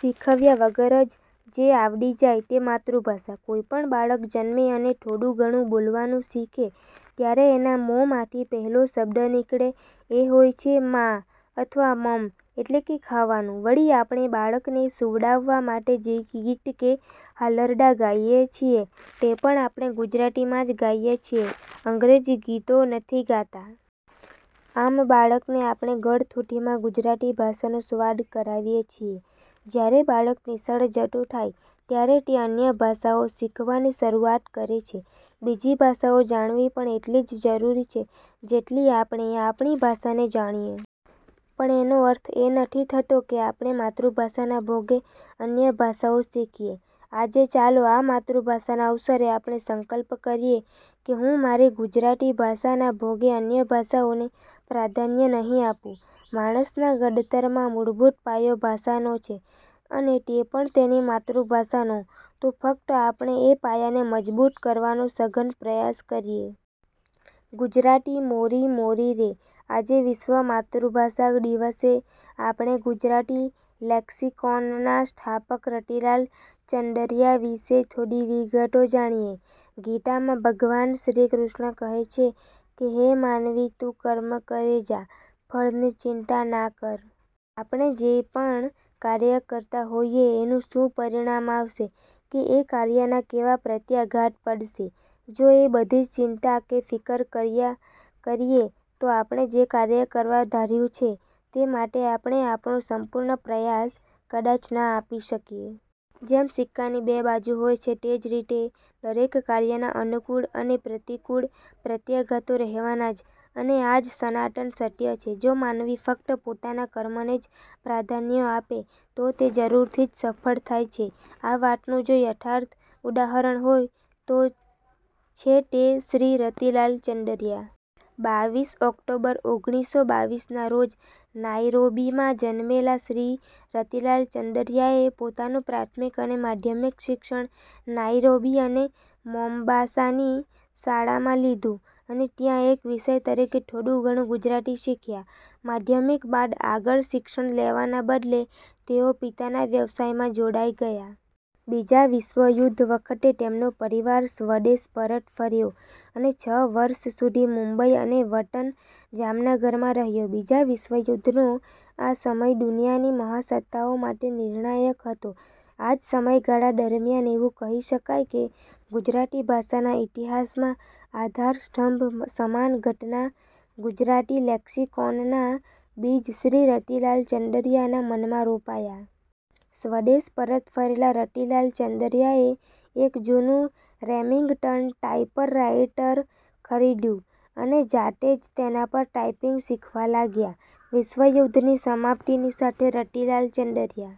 શીખવ્યા વગર જ જે આવડી જાય તે માતૃભાષા. કોઈપણ બાળક જન્મે અને થોડું ઘણું બોલવાનું શીખે ત્યારે એના મોંમાથી પહેલો શબ્દ નીકળે એ હોય છે મા અથવા મમ એટલે કે ખાવાનું. વળી આપણે બાળકને સૂવડાવવા માટે જે ગીત કે હાલરડાં ગાઈએ છીએ તે પણ આપણે ગુજરાતીમાં જ ગાઈએ છીએ અંગ્રેજી ગીતો નથી ગાતા. આમ બાળકને આપણે ગળથૂથીમાં ગુજરાતી ભાષાનો સ્વાદ કરાવીએ છીએ. જ્યારે બાળક નિશાળે જતું થાય ત્યારે તે અન્ય ભાષાઓ શીખવાની શરુઆત કરે છે. બીજી ભાષાઓ જાણવી પણ એટલી જ જરૂરી છે જેટલી આપણે આપણી ભાષાને જાણીએ. પણ એનો અર્થ એ નથી થતો કે આપણે માતૃભાષાના ભોગે અન્ય ભાષાઓ શીખીએ. આજે ચાલો આ માતૃભાષાના અવસરે આપણે સંકલ્પ કરીએ કે હું મારી ગુજરાતી ભાષાના ભોગે અન્ય ભાષાઓને પ્રાધાન્ય નહીં આપું. માણસના ઘડતરમાં મૂળભૂત પાયો ભાષાનો છે અને તે પણ તેની માતૃભાષાનો તો ફક્ત આપણે એ પાયાને મજબૂત કરવાનો સઘન પ્રયાસ કરીએ. ગુજરાતી મોરી મોરી રે.. આજે વિશ્વ માતૃભાષા દિવસે આપણે ગુજરાતી લેક્સિકોનના સ્થાપક રતિલાલ ચંદરયા વિશે થોડી વિગતો જાણીએ. ગીતામાં ભગવાનશ્રી કૃષ્ણ કહે છે કે, "હે માનવી તું કર્મ કરે જા, ફળની ચિંતા ના કર". આપણે જે પણ કાર્ય કરતાં હોઈએ એનું શું પરિણામ આવશે કે એ કાર્યના કેવા પ્રત્યાઘાત પડશે, જો એ બધી ચિંતા કે ફિકર કર્યા કરીએ તો, આપણે જે કાર્ય કરવા ધાર્યું છે તે માટે આપણે આપણો સંપૂર્ણ પ્રયાસ કદાચ ના આપી શકીએ. જેમ સિક્કાની બે બાજુ હોય છે તે જ રીતે દરેક કાર્યના અનુકૂળ અને પ્રતિકૂળ પ્રત્યાઘાતો રહેવાના જ અને આ જ સનાતન સત્ય છે. જો માનવી ફકત પોતાના કર્મને જ પ્રાધાન્ય આપે તો તે જરૂરથી જ સફળ થાય છે આ વાતનું જો યથાર્થ ઉદાહરણ હોય તો છે તે શ્રી રતિલાલ ચંદરયા. બાવીસ ઓક્ટોબર ઓગણીસો બાવીસ ના રોજ નાઈરોબીમાં જન્મેલા શ્રી રતિલાલ ચંદરયાએ પોતાનું પ્રાથમિક અને માધ્યમિક શિક્ષણ નાઈરોબી અને મોમ્બાસાની શાળામાં લીધું અને ત્યાં એક વિષય તરીકે થોડું ઘણું ગુજરાતી શીખ્યા. માધ્યમિક બાદ આગળ શિક્ષણ લેવાના બદલે તેઓ પિતાના વ્યવસાયમાં જોડાઈ ગયા. બીજા વિશ્વયુદ્ધ વખતે તેમનો પરિવાર સ્વદેશ પરત ફર્યો અને છ વર્ષ સુધી મુંબઈ અને વતન જામનગરમાં રહ્યો. બીજા વિશ્વયુદ્ધનો આ સમય દુનિયાની મહાસત્તાઓ માટે નિર્ણાયક હતો. આ જ સમય ગાળા દરમ્યાન એવું કહી શકાય કે ગુજરાતી ભાષાના ઇતિહાસમાં આધારસ્તંભ સમાન ઘટના ગુજરાતીલેક્સિકોનના બીજ શ્રી રતિલાલ ચંદરયાના મનમાં રોપાયા. સ્વદેશ પરત ફરેલા રતિલાલ ચંદરયાએ એક જૂનુ રેમિંગ્ટન ટાઇપરાઇટર ખરીદ્યું અને જાતે જ તેના પર ટાઇપીંગ શીખવા લાગ્યા. વિશ્વયુદ્ધની સમાપ્તિની સાથે રતિલાલ ચંદરયા